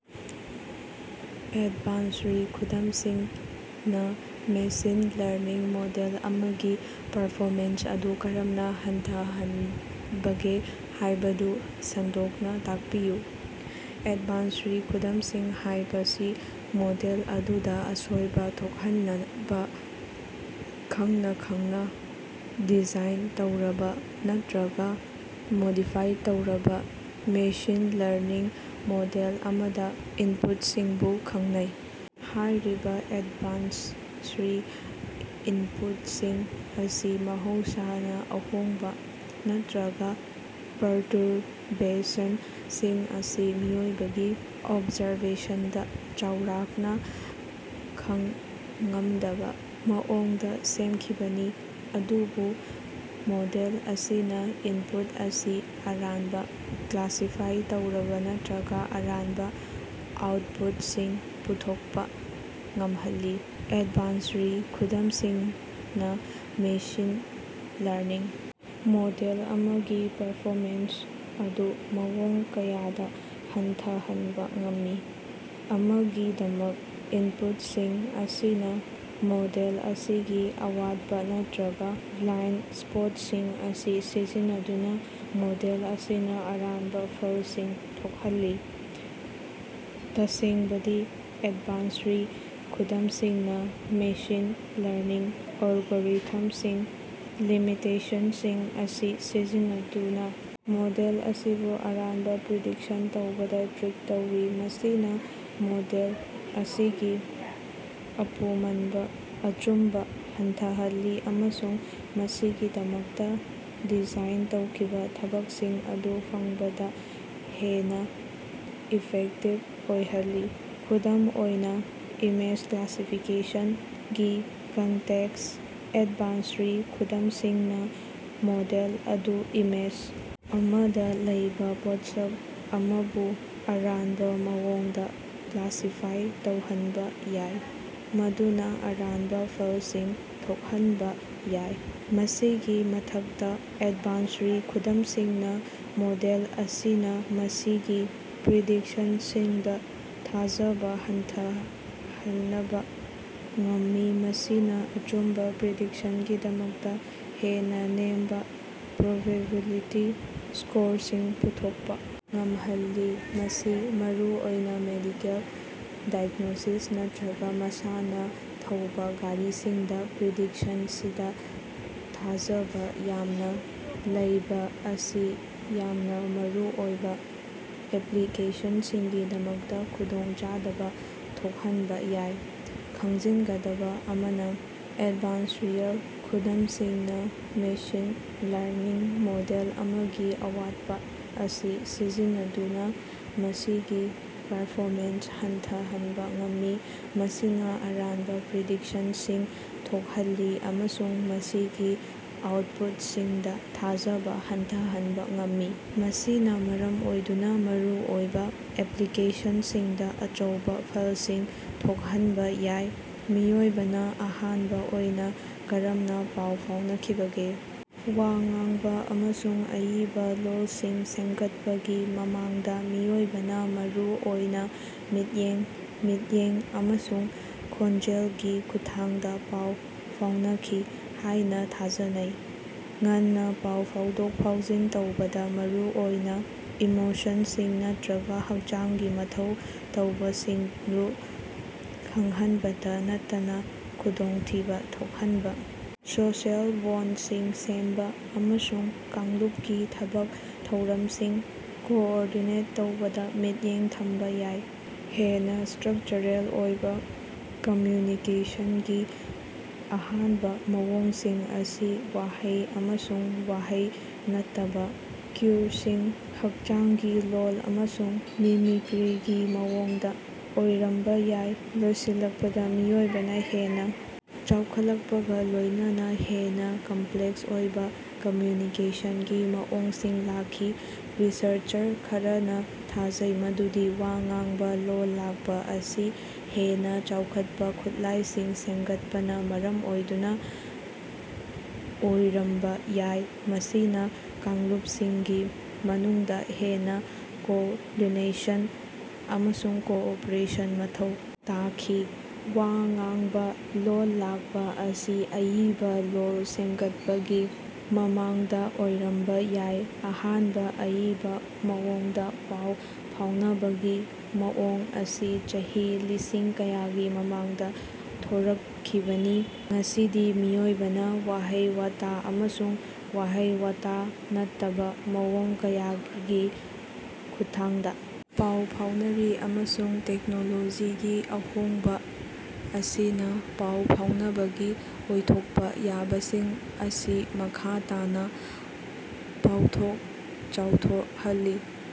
ꯑꯦꯗꯚꯥꯟꯁꯔꯤ ꯈꯨꯗꯝꯁꯤꯡꯅ machine learning model ꯑꯃꯒꯤ performance ꯑꯗꯨ ꯀꯔꯝꯅ ꯍꯟꯊꯍꯟꯕꯒꯦ ꯍꯥꯏꯕꯗꯨ ꯁꯟꯗꯣꯛꯅ ꯇꯥꯛꯄꯤꯌꯨ꯫ ꯑꯦꯗꯚꯥꯟꯁꯔꯤ ꯈꯨꯗꯝꯁꯤꯡ ꯍꯥꯏꯕꯁꯤ ꯃꯣꯗꯦꯜ ꯑꯗꯨꯗ ꯑꯁꯣꯏꯕ ꯊꯣꯛꯍꯟꯅꯕ ꯈꯪꯅ ꯈꯪꯅ ꯗꯤꯖꯥꯏꯟ ꯇꯧꯔꯕ ꯅꯠꯇ꯭ꯔꯒ ꯃꯣꯗꯤꯐꯥꯏ ꯇꯧꯔꯕ ꯃꯦꯁꯤꯟ ꯂꯔꯅꯤꯡ ꯃꯣꯗꯦꯜ ꯑꯃꯗ ꯏꯟꯄꯨꯠꯁꯤꯡꯕꯨ ꯈꯪꯅꯩ꯫ ꯍꯥꯏꯔꯤꯕ ꯑꯦꯗꯚꯥꯟꯁꯔꯤ ꯏꯟꯄꯨꯠꯁꯤꯡ ꯑꯁꯤ ꯃꯍꯧꯁꯥꯅ ꯑꯍꯣꯡꯕ ꯅꯠꯇ꯭ꯔꯒ ꯄꯔꯇꯨꯔꯕꯦꯁꯟꯁꯤꯡ ꯑꯁꯤ ꯃꯤꯑꯣꯏꯕꯒꯤ ꯑꯣꯕꯖꯥꯔꯕꯦꯁꯟꯗ ꯆꯥꯎꯔꯥꯛꯅ ꯈꯡ ꯉꯝꯗꯕ ꯃꯑꯣꯡꯗ ꯁꯦꯝꯈꯤꯕꯅꯤ, ꯑꯗꯨꯕꯨ ꯃꯣꯗꯦꯜ ꯑꯁꯤꯅ ꯏꯟꯄꯨꯠ ꯑꯁꯤ ꯑꯔꯥꯟꯕ ꯀ꯭ꯂꯥꯁꯤꯐꯥꯏ ꯇꯧꯕ ꯅꯠꯇ꯭ꯔꯒ ꯑꯔꯥꯟꯕ ꯑꯥꯎꯠꯄꯨꯠꯁꯤꯡ ꯄꯨꯊꯣꯛꯄ ꯉꯝꯍꯜꯂꯤ꯫ ꯑꯦꯗꯚꯥꯟꯁꯔꯤ ꯈꯨꯗꯝꯁꯤꯡꯅ ꯃꯦꯁꯤꯟ ꯂꯔꯅꯤꯡ ꯃꯣꯗꯦꯜ ꯑꯃꯒꯤ ꯄꯔꯐꯣꯃꯦꯟꯁ ꯑꯗꯨ ꯃꯑꯣꯡ ꯀꯌꯥꯗ ꯍꯟꯊꯍꯟꯕ ꯉꯝꯃꯤ꯫ ꯑꯃꯒꯤꯗꯃꯛ, ꯏꯟꯄꯨꯠꯁꯤꯡ ꯑꯁꯤꯅ ꯃꯣꯗꯦꯜ ꯑꯁꯤꯒꯤ ꯑꯋꯥꯠꯄ ꯅꯠꯇ꯭ꯔꯒ ꯕ꯭ꯂꯥꯏꯟꯗ ꯁ꯭ꯄꯣꯠꯁꯤꯡ ꯑꯁꯤ ꯁꯤꯖꯤꯟꯅꯗꯨꯅ ꯃꯣꯗꯦꯜ ꯑꯁꯤꯅ ꯑꯔꯥꯟꯕ ꯐꯜꯁꯤꯡ ꯊꯣꯛꯍꯜꯂꯤ꯫ ꯇꯁꯦꯡꯕꯗꯤ, ꯑꯦꯗꯚꯥꯟꯁꯔꯤ ꯈꯨꯗꯝꯁꯤꯡꯅ ꯃꯦꯁꯤꯟ ꯂꯔꯅꯤꯡ ꯑꯦꯜꯒꯣꯔꯤꯊꯝꯁꯤꯡꯒꯤ ꯂꯤꯃꯤꯇꯦꯁꯟꯁꯤꯡ ꯑꯁꯤ ꯁꯤꯖꯤꯟꯅꯗꯨꯅ ꯃꯣꯗꯦꯜ ꯑꯁꯤꯕꯨ ꯑꯔꯥꯟꯕ ꯄ꯭ꯔꯤꯗꯤꯛꯁꯟ ꯇꯧꯕꯗ "ꯇ꯭ꯔꯤꯛ" ꯇꯧꯏ꯫ ꯃꯁꯤꯅ ꯃꯣꯗꯦꯜ ꯑꯁꯤꯒꯤ ꯑꯄꯨꯃꯟꯕ ꯑꯆꯨꯝꯕ ꯍꯟꯊꯍꯜꯂꯤ ꯑꯃꯁꯨꯡ ꯃꯁꯤꯒꯤꯗꯃꯛꯇ ꯗꯤꯖꯥꯏꯟ ꯇꯧꯈꯤꯕ ꯊꯕꯛꯁꯤꯡ ꯑꯗꯨ ꯐꯪꯕꯗ ꯍꯦꯟꯅ ꯏꯐꯦꯛꯇꯤꯕ ꯑꯣꯏꯍꯜꯂꯤ꯫ ꯈꯨꯗꯝ ꯑꯣꯏꯅ, ꯏꯃꯦꯖ ꯀ꯭ꯂꯥꯁꯤꯐꯤꯀꯦꯁꯟꯒꯤ ꯀꯟꯇꯦꯛꯁꯇ, ꯑꯦꯗꯚꯥꯟꯁꯔꯤ ꯈꯨꯗꯝꯁꯤꯡꯅ ꯃꯣꯗꯦꯜ ꯑꯗꯨꯅ ꯏꯃꯦꯖ ꯑꯃꯗ ꯂꯩꯕ ꯄꯣꯠꯁꯛ ꯑꯃꯕꯨ ꯑꯔꯥꯟꯕ ꯃꯑꯣꯡꯗ ꯀ꯭ꯂꯥꯁꯤꯐꯥꯏ ꯇꯧꯍꯟꯕ ꯌꯥꯏ, ꯃꯗꯨꯅ ꯑꯔꯥꯟꯕ ꯐꯜꯁꯤꯡ ꯊꯣꯛꯍꯟꯕ ꯌꯥꯏ꯫ ꯃꯁꯤꯒꯤ ꯃꯊꯛꯇ, ꯑꯦꯗꯚꯥꯟꯁꯔꯤ ꯈꯨꯗꯝꯁꯤꯡꯅ ꯃꯣꯗꯦꯜ ꯑꯁꯤꯅ ꯃꯁꯤꯒꯤ ꯄ꯭ꯔꯤꯗꯤꯛꯁꯅꯁꯤꯡꯗꯥ ꯊꯥꯖꯕꯥ ꯍꯟꯊꯍꯅꯕꯥ ꯉꯝꯃꯤ, ꯃꯁꯤꯅ ꯑꯆꯨꯝꯕ ꯄ꯭ꯔꯤꯗꯤꯛꯁꯟꯒꯤꯗꯃꯛꯇ ꯍꯦꯟꯅ ꯅꯦꯝꯕ ꯄ꯭ꯔꯣꯕꯤꯕꯤꯂꯤꯇꯤ ꯁ꯭ꯀꯣꯔꯁꯤꯡ ꯄꯨꯊꯣꯛꯄ ꯉꯝꯍꯜꯂꯤ꯫ ꯃꯁꯤ ꯃꯔꯨꯑꯣꯏꯅ ꯃꯦꯗꯤꯀꯦꯜ ꯗꯥꯏꯒ꯭ꯅꯣꯁꯤꯁ ꯅꯠꯇ꯭ꯔꯒ ꯃꯁꯥꯅ ꯊꯧꯕ ꯒꯥꯔꯤꯁꯤꯡꯗ ꯄ꯭ꯔꯤꯗꯤꯛꯁꯟꯁꯤꯡꯗ ꯊꯥꯖꯕ ꯌꯥꯝꯅ ꯂꯩꯕ ꯑꯁꯤ ꯌꯥꯝꯅ ꯃꯔꯨꯑꯣꯏꯕ ꯑꯦꯄ꯭ꯂꯤꯀꯦꯁꯟꯁꯤꯡꯒꯤꯗꯃꯛꯇ ꯈꯨꯗꯣꯡꯆꯥꯗꯕ ꯊꯣꯛꯍꯟꯕ ꯌꯥꯏ꯫ ꯈꯪꯖꯤꯟꯒꯗꯕ ꯑꯃꯅ, ꯑꯦꯗꯚꯥꯟꯁꯔꯤꯌꯜ ꯈꯨꯗꯝꯁꯤꯡꯅ ꯃꯦꯁꯤꯟ ꯂꯔꯅꯤꯡ ꯃꯣꯗꯦꯜ ꯑꯃꯒꯤ ꯑꯋꯥꯠꯄ ꯑꯁꯤ ꯁꯤꯖꯤꯟꯅꯗꯨꯅ ꯃꯁꯤꯒꯤ ꯄꯔꯐꯣꯃꯦꯟꯁ ꯍꯟꯊꯍꯟꯕ ꯉꯝꯃꯤ, ꯃꯁꯤꯅ ꯑꯔꯥꯟꯕ ꯄ꯭ꯔꯤꯗꯤꯛꯁꯟꯁꯤꯡ ꯊꯣꯛꯍꯜꯂꯤ ꯑꯃꯁꯨꯡ ꯃꯁꯤꯒꯤ ꯑꯥꯎꯠꯄꯨꯠꯁꯤꯡꯗ ꯊꯥꯖꯕ ꯍꯟꯊꯍꯟꯕ ꯉꯝꯃꯤ, ꯃꯁꯤꯅ ꯃꯔꯝ ꯑꯣꯏꯗꯨꯅ ꯃꯔꯨ ꯑꯣꯏꯕ ꯑꯦꯄ꯭ꯂꯤꯀꯦꯁꯟꯁꯤꯡꯗ ꯑꯆꯧꯕ ꯐꯜꯁꯤꯡ ꯊꯣꯛꯍꯟꯕ ꯌꯥꯏ꯫ ꯃꯤꯑꯣꯏꯕꯅ ꯑꯍꯥꯟꯕ ꯑꯣꯏꯅ ꯀꯔꯝꯅ ꯄꯥꯎ ꯐꯥꯎꯅꯈꯤꯕꯒꯦ? ꯋꯥ ꯉꯥꯡꯕ ꯑꯃꯁꯨꯡ ꯑꯏꯕ ꯂꯣꯜꯁꯤꯡ ꯁꯦꯝꯒꯠꯄꯒꯤ ꯃꯃꯥꯡꯗ ꯃꯤꯑꯣꯏꯕꯅ ꯃꯔꯨ ꯑꯣꯏꯅ ꯃꯤꯠꯌꯦꯡ, ꯃꯤꯠꯌꯦꯡ ꯑꯃꯁꯨꯡ ꯈꯣꯟꯖꯦꯜꯒꯤ ꯈꯨꯠꯊꯥꯡꯗ ꯄꯥꯎ ꯐꯥꯎꯅꯈꯤ ꯍꯥꯏꯅ ꯊꯥꯖꯅꯩ꯫ ꯉꯟꯅ ꯄꯥꯎ ꯐꯥꯎꯗꯣꯛ-ꯐꯥꯎꯖꯤꯟ ꯇꯧꯕꯗ ꯃꯔꯨꯑꯣꯏꯅ ꯏꯃꯣꯁꯟꯁꯤꯡ ꯅꯠꯇ꯭ꯔꯒ ꯍꯛꯆꯥꯡꯒꯤ ꯃꯊꯧ ꯇꯥꯕꯁꯤꯡꯗꯨ ꯈꯪꯍꯟꯕꯇ ꯅꯠꯇꯅ ꯈꯨꯗꯣꯡꯊꯤꯕ ꯊꯣꯛꯍꯟꯕ, ꯁꯣꯁꯤꯑꯦꯜ ꯕꯣꯟꯗꯁꯤꯡ ꯁꯦꯝꯕ, ꯑꯃꯁꯨꯡ ꯀꯥꯡꯂꯨꯞꯀꯤ ꯊꯕꯛ-ꯊꯧꯔꯝꯁꯤꯡ ꯀꯣꯑꯣꯔꯗꯤꯅꯦꯠ ꯇꯧꯕꯗ ꯃꯤꯠꯌꯦꯡ ꯊꯝꯕ ꯌꯥꯏ꯫ ꯍꯦꯟꯅ ꯁ꯭ꯇꯔꯛꯆꯔꯦꯜ ꯑꯣꯏꯕ ꯀꯝꯃ꯭ꯌꯨꯅꯤꯀꯦꯁꯟꯒꯤ ꯑꯍꯥꯟꯕ ꯃꯑꯣꯡꯁꯤꯡ ꯑꯁꯤ ꯋꯥꯍꯩ ꯑꯃꯁꯨꯡ ꯋꯥꯍꯩ ꯅꯠꯇꯕ ꯀ꯭ꯌꯨꯁꯤꯡ, ꯍꯛꯆꯥꯡꯒꯤ ꯂꯣꯜ ꯑꯃꯁꯨꯡ ꯃꯤꯃꯤꯀ꯭ꯔꯤꯒꯤ ꯃꯑꯣꯡꯗ ꯑꯣꯏꯔꯝꯕ ꯌꯥꯏ꯫ ꯂꯣꯏꯁꯤꯜꯂꯛꯄꯗ ꯃꯤꯑꯣꯏꯕꯅ ꯍꯦꯟꯅ ꯆꯥꯎꯈꯠꯂꯛꯄꯒ ꯂꯣꯏꯅꯅ ꯍꯦꯟꯅ ꯀꯝꯄ꯭ꯂꯦꯛꯁ ꯑꯣꯏꯕ ꯀꯝꯃ꯭ꯌꯨꯅꯤꯀꯦꯁꯟꯒꯤ ꯃꯑꯣꯡꯁꯤꯡ ꯂꯥꯛꯈꯤ꯫ ꯔꯤꯁꯔꯆꯔ ꯈꯔꯅ ꯊꯥꯖꯩ ꯃꯗꯨꯗꯤ ꯋꯥ ꯉꯥꯡꯕ ꯂꯣꯜ ꯂꯥꯛꯄ ꯑꯁꯤ ꯍꯦꯟꯅ ꯆꯥꯎꯈꯠꯄ ꯈꯨꯠꯂꯥꯏꯁꯤꯡ ꯁꯦꯝꯒꯠꯄꯅ ꯃꯔꯝ ꯑꯣꯏꯗꯨꯅ ꯑꯣꯏꯔꯝꯕ ꯌꯥꯏ, ꯃꯁꯤꯅ ꯀꯥꯡꯂꯨꯞꯁꯤꯡꯒꯤ ꯃꯅꯨꯡꯗ ꯍꯦꯟꯅ ꯀꯣꯑꯣꯔꯗꯤꯅꯦꯁꯟ ꯑꯃꯁꯨꯡ ꯀꯣꯑꯣꯄꯔꯦꯁꯟ ꯃꯊꯧ ꯇꯥꯈꯤ꯫ ꯋꯥ ꯉꯥꯡꯕ ꯂꯣꯜ ꯂꯥꯛꯄ ꯑꯁꯤ ꯑꯏꯕ ꯂꯣꯜ ꯁꯦꯝꯒꯠꯄꯒꯤ ꯃꯃꯥꯡꯗ ꯑꯣꯏꯔꯝꯕ ꯌꯥꯏ, ꯑꯍꯥꯟꯕ ꯑꯏꯕ ꯃꯑꯣꯡꯗ ꯄꯥꯎ ꯐꯥꯎꯅꯕꯒꯤ ꯃꯑꯣꯡ ꯑꯁꯤ ꯆꯍꯤ ꯂꯤꯁꯤꯡ ꯀꯌꯥꯒꯤ ꯃꯃꯥꯡꯗ ꯊꯣꯔꯛꯈꯤꯕꯅꯤ꯫ ꯉꯁꯤꯗꯤ ꯃꯤꯑꯣꯏꯕꯅ ꯋꯥꯍꯩ-ꯋꯥꯇꯥ ꯑꯃꯁꯨꯡ ꯋꯥꯍꯩ-ꯋꯥꯇꯥ ꯅꯠꯇꯕ ꯃꯑꯣꯡ ꯀꯌꯥꯒꯤ ꯈꯨꯠꯊꯥꯡꯗ ꯄꯥꯎ ꯐꯥꯎꯅꯔꯤ, ꯑꯃꯁꯨꯡ ꯇꯦꯛꯅꯣꯂꯣꯖꯤꯒꯤ ꯑꯍꯣꯡꯕ ꯑꯁꯤꯅ ꯄꯥꯎ ꯐꯥꯎꯅꯕꯒꯤ ꯑꯣꯏꯊꯣꯛꯄ ꯌꯥꯕꯁꯤꯡ ꯑꯁꯤ ꯃꯈꯥ ꯇꯥꯅ ꯄꯥꯛꯊꯣꯛ-ꯆꯥꯎꯊꯣꯛꯍꯜꯂꯤ꯫